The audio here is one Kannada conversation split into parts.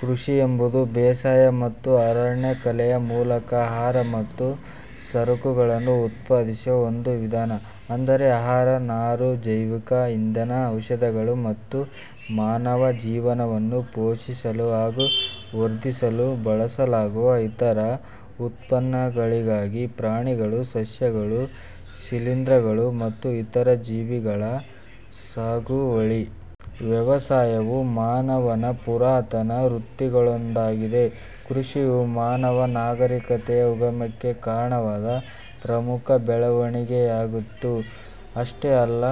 ಕೃಷಿ ಎಂಬುದು ಬೇಸಾಯ ಮತ್ತು ಅರಣ್ಯಕಲೆಯ ಮೂಲಕ ಆಹಾರ ಮತ್ತು ಸರಕುಗಳನ್ನು ಉತ್ಪಾದಿಸುವ ಒಂದು ವಿಧಾನ. ಅಂದರೆ ಆಹಾರ, ನಾರು, ಜೈವಿಕ ಇಂಧನ, ಔಷಧಗಳು ಮತ್ತು ಮಾನವ ಜೀವನವನ್ನು ಪೋಷಿಸಲು ಹಾಗೂ ವರ್ಧಿಸಲು ಬಳಸಲಾಗುವ ಇತರ ಉತ್ಪನ್ನಗಳಿಗಾಗಿ ಪ್ರಾಣಿ ಗಳು, ಸಸ್ಯಗಳು, ಶಿಲೀಂಧ್ರಗಳು, ಮತ್ತು ಇತರ ಜೀವಿಗಳ ಸಾಗುವಳಿ. ವ್ಯವಸಾಯವು ಮಾನವ ನ ಪುರಾತನ ವೃತ್ತಿಗಳಲ್ಲೊಂದಾಗಿದೆ. ಕೃಷಿಯು ಮಾನವ ನಾಗರಿಕತೆಯ ಉಗಮಕ್ಕೆ ಕಾರಣವಾದ ಪ್ರಮುಖ ಬೆಳವಣಿಗೆಯಾಗಿತ್ತು. ಅಷ್ಟೇ ಅಲ್ಲ,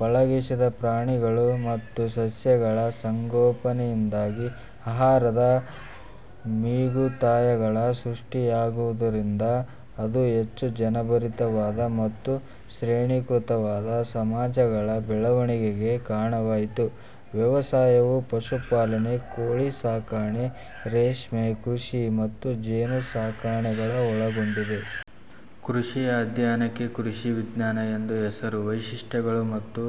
ಪಳಗಿಸಿದ ಪ್ರಾಣಿ ಗಳು ಮತ್ತು ಸಸ್ಯಗಳ ಸಂಗೋಪನೆಯಿಂದಾಗಿ ಆಹಾರದ ಮಿಗುತಾಯಗಳು ಸೃಷ್ಟಿಯಾಗುವುದರಿಂದ ಅದು ಹೆಚ್ಚು ಜನಭರಿತವಾದ ಮತ್ತು ಶ್ರೇಣೀಕೃತವಾದ ಸಮಾಜಗಳ ಬೆಳವಣಿಗೆಗೆ ಕಾರಣವಾಯಿತು. ವ್ಯವಸಾಯವು ಪಶುಪಾಲನೆ, ಕೋಳಿಸಾಕಣೆ, ರೇಷ್ಮೆ ಕೃಷಿ ಮತ್ತು ಜೇನುಸಾಕಣೆಗಳನ್ನು ಒಳಗೊಂಡಿದೆ. ಕೃಷಿಯ ಅಧ್ಯಯನಕ್ಕೆ ಕೃಷಿ ವಿಜ್ಞಾನ ಎಂದು ಹೆಸರು. ವೈಶಿಷ್ಟ್ಯಗಳು ಮತ್ತು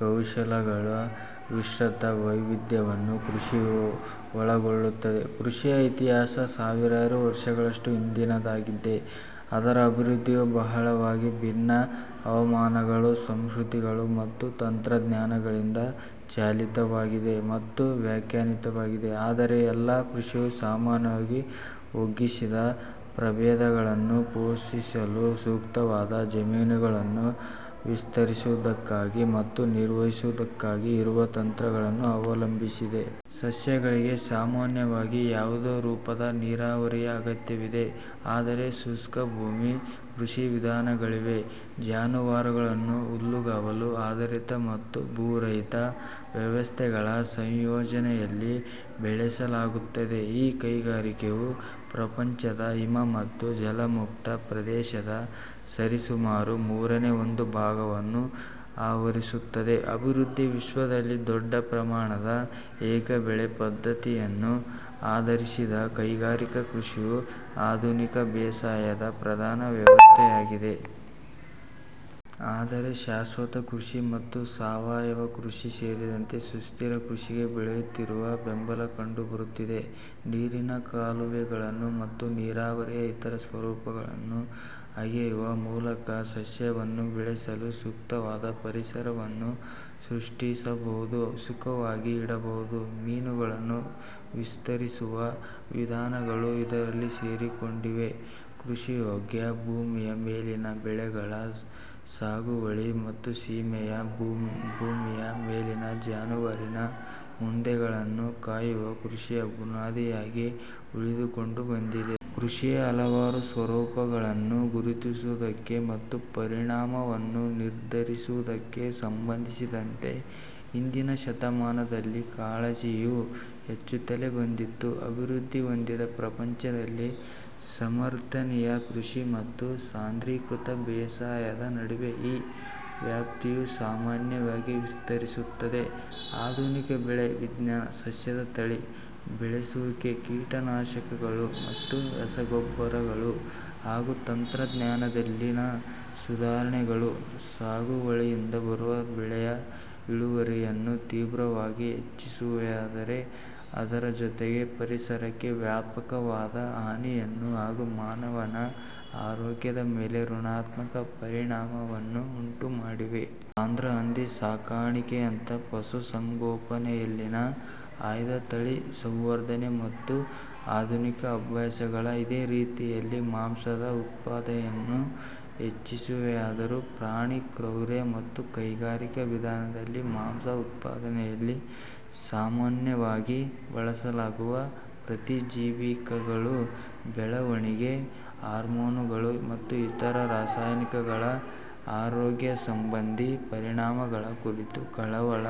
ಕೌಶಲಗಳ ವಿಸ್ತೃತ ವೈವಿಧ್ಯವನ್ನು ಕೃಷಿಯು ಒಳಗೊಳ್ಳುತ್ತದೆ. ಕೃಷಿಯ ಇತಿಹಾಸ ಸಾವಿರಾರು ವರ್ಷಗಳಷ್ಟು ಹಿಂದಿನದ್ದಾಗಿದೆ. ಅದರ ಅಭಿವೃದ್ಧಿಯು ಬಹಳವಾಗಿ ಭಿನ್ನ ಹವಾಮಾನಗಳು, ಸಂಸ್ಕೃತಿಗಳು, ಮತ್ತು ತಂತ್ರಜ್ಞಾನಗಳಿಂದ ಚಾಲಿತವಾಗಿದೆ ಮತ್ತು ವ್ಯಾಖ್ಯಾನಿತವಾಗಿದೆ. ಆದರೆ, ಎಲ್ಲ ಕೃಷಿಯು ಸಾಮಾನ್ಯವಾಗಿ ಒಗ್ಗಿಸಿದ ಪ್ರಭೇದಗಳನ್ನು ಪೋಷಿಸಲು ಸೂಕ್ತವಾದ ಜಮೀನುಗಳನ್ನು ವಿಸ್ತರಿಸುವುದಕ್ಕಾಗಿ ಮತ್ತು ನಿರ್ವಹಿಸುವುದಕ್ಕಾಗಿ ಇರುವ ತಂತ್ರಗಳನ್ನು ಅವಲಂಬಿಸಿದೆ. ಸಸ್ಯಗಳಿಗೆ ಸಾಮಾನ್ಯವಾಗಿ ಯಾವುದೋ ರೂಪದ ನೀರಾವರಿಯ ಅಗತ್ಯವಿದೆ. ಆದರೆ, ಶುಷ್ಕಭೂಮಿ ಕೃಷಿ ವಿಧಾನಗಳಿವೆ. ಜಾನುವಾರುಗಳನ್ನು ಹುಲ್ಲುಗಾವಲು ಆಧಾರಿತ ಮತ್ತು ಭೂರಹಿತ ವ್ಯವಸ್ಥೆಗಳ ಸಂಯೋಜನೆಯಲ್ಲಿ ಬೆಳೆಸಲಾಗುತ್ತದೆ. ಈ ಕೈಗಾರಿಕೆಯು ಪ್ರಪಂಚದ ಹಿಮ ಮತ್ತು ಜಲಮುಕ್ತ ಪ್ರದೇಶದ ಸರಿಸುಮಾರು ಮೂರನೇ ಒಂದು ಭಾಗವನ್ನು ಆವರಿಸುತ್ತದೆ. ಅಭಿವೃದ್ಧಿ ವಿಶ್ವದಲ್ಲಿ, ದೊಡ್ಡ ಪ್ರಮಾಣದ ಏಕಬೆಳೆ ಪದ್ಧತಿಯನ್ನು ಆಧರಿಸಿದ ಕೈಗಾರಿಕಾ ಕೃಷಿಯು ಆಧುನಿಕ ಬೇಸಾಯದ ಪ್ರಧಾನ ವ್ಯವಸ್ಥೆಯಾಗಿದೆ. ಆದರೆ, ಶಾಶ್ವತಕೃಷಿ ಮತ್ತು ಸಾವಯವ ಕೃಷಿ ಸೇರಿದಂತೆ ಸುಸ್ಥಿರ ಕೃಷಿಗೆ ಬೆಳೆಯುತ್ತಿರುವ ಬೆಂಬಲ ಕಂಡುಬರುತ್ತಿದೆ. ನೀರಿನ ಕಾಲುವೆಗಳನ್ನು ಮತ್ತು ನೀರಾವರಿಯ ಇತರ ಸ್ವರೂಪಗಳನ್ನು ಅಗೆಯುವ ಮೂಲಕ, ಸಸ್ಯವನ್ನು ಬೆಳೆಸಲು ಸೂಕ್ತವಾದ ಪರಿಸರವನ್ನು ಸೃಷ್ಟಿಸಬಹುದು, ಸುಖವಾಗಿ ಇಡಬಹುದು. ಮೀನುಗಳನ್ನು ವಿಸ್ತರಿಸುವ ವಿಧಾನಗಳು ಇದರಲ್ಲಿ ಸೇರಿಕೊಂಡಿವೆ. ಕೃಷಿಯೋಗ್ಯ ಭೂಮಿಯ ಮೇಲಿನ ಬೆಳೆಗಳ ಸಾಗುವಳಿ ಮತ್ತು ಸೀಮೆಯ ಭೂಮಿಯ ಮೇಲಿನ ಜಾನುವಾರಿನ ಮಂದೆಗಳನ್ನು ಕಾಯುವುದು ಕೃಷಿಯ ಬುನಾದಿಯಾಗಿ ಉಳಿದುಕೊಂಡು ಬಂದಿದೆ. ಕೃಷಿಯ ಹಲವಾರು ಸ್ವರೂಪಗಳನ್ನು ಗುರುತಿಸುವುದಕ್ಕೆ ಮತ್ತು ಪರಿಮಾಣವನ್ನು ನಿರ್ಧರಿಸುವುದಕ್ಕೆ ಸಂಬಂಧಿಸಿದಂತೆ ಹಿಂದಿನ ಶತಮಾನದಲ್ಲಿ ಕಾಳಜಿಯು ಹೆಚ್ಚುತ್ತಲೇ ಬಂದಿತ್ತು. ಅಭಿವೃದ್ಧಿ ಹೊಂದಿದ ಪ್ರಪಂಚದಲ್ಲಿ ಸಮರ್ಥನೀಯ ಕೃಷಿ ಮತ್ತು ಸಾಂದ್ರೀಕೃತ ಬೇಸಾಯದ ನಡುವೆ ಈ ವ್ಯಾಪ್ತಿಯು ಸಾಮಾನ್ಯವಾಗಿ ವಿಸ್ತರಿಸುತ್ತದೆ. ಆಧುನಿಕ ಬೆಳೆ ವಿಜ್ಞಾನ, ಸಸ್ಯದ ತಳಿ ಬೆಳೆಸುವಿಕೆ, ಕೀಟನಾಶಕಗಳು ಮತ್ತು ರಸಗೊಬ್ಬರಗಳು, ಹಾಗೂ ತಂತ್ರಜ್ಞಾನದಲ್ಲಿನ ಸುಧಾರಣೆಗಳು ಸಾಗುವಳಿಯಿಂದ ಬರುವ ಬೆಳೆಯ ಇಳುವರಿಯನ್ನು ತೀವ್ರವಾಗಿ ಹೆಚ್ಚಿಸಿವೆಯಾದರೂ, ಅದರ ಜೊತೆಗೇ, ಪರಿಸರಕ್ಕೆ ವ್ಯಾಪಕವಾದ ಹಾನಿಯನ್ನು ಹಾಗೂ ಮಾನವನ ಆರೋಗ್ಯದ ಮೇಲೆ ಋಣಾತ್ಮಕ ಪರಿಣಾಮವನ್ನೂ ಉಂಟುಮಾಡಿವೆ. ಸಾಂದ್ರ ಹಂದಿ ಸಾಕಾಣಿಕೆಯಂಥ ಪಶು ಸಂಗೋಪನೆಯಲ್ಲಿನ ಆಯ್ದ ತಳಿ ಸಂವರ್ಧನೆ ಮತ್ತು ಆಧುನಿಕ ಅಭ್ಯಾಸಗಳು ಇದೇ ರೀತಿಯಲ್ಲಿ ಮಾಂಸ ದ ಉತ್ಪಾದನೆಯನ್ನೂ ಹೆಚ್ಚಿಸಿವೆಯಾದರೂ, ಪ್ರಾಣಿ ಕ್ರೌರ್ಯ ಮತ್ತು ಕೈಗಾರಿಕಾ ವಿಧಾನದಲ್ಲಿ ಮಾಂಸ ಉತ್ಪಾದನೆಯಲ್ಲಿ ಸಾಮಾನ್ಯವಾಗಿ ಬಳಸಲಾಗುವ ಪ್ರತಿಜೀವಿಕಗಳು, ಬೆಳವಣಿಗೆ ಹಾರ್ಮೋನುಗಳು, ಮತ್ತು ಇತರ ರಾಸಾಯನಿಕಗಳ ಆರೋಗ್ಯ ಸಂಬಂಧಿ ಪರಿಣಾಮಗಳ ಕುರಿತೂ ಕಳವಳ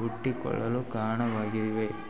ಹುಟ್ಟಿಕೊಳ್ಳಲು ಕಾರಣವಾಗಿವೆ.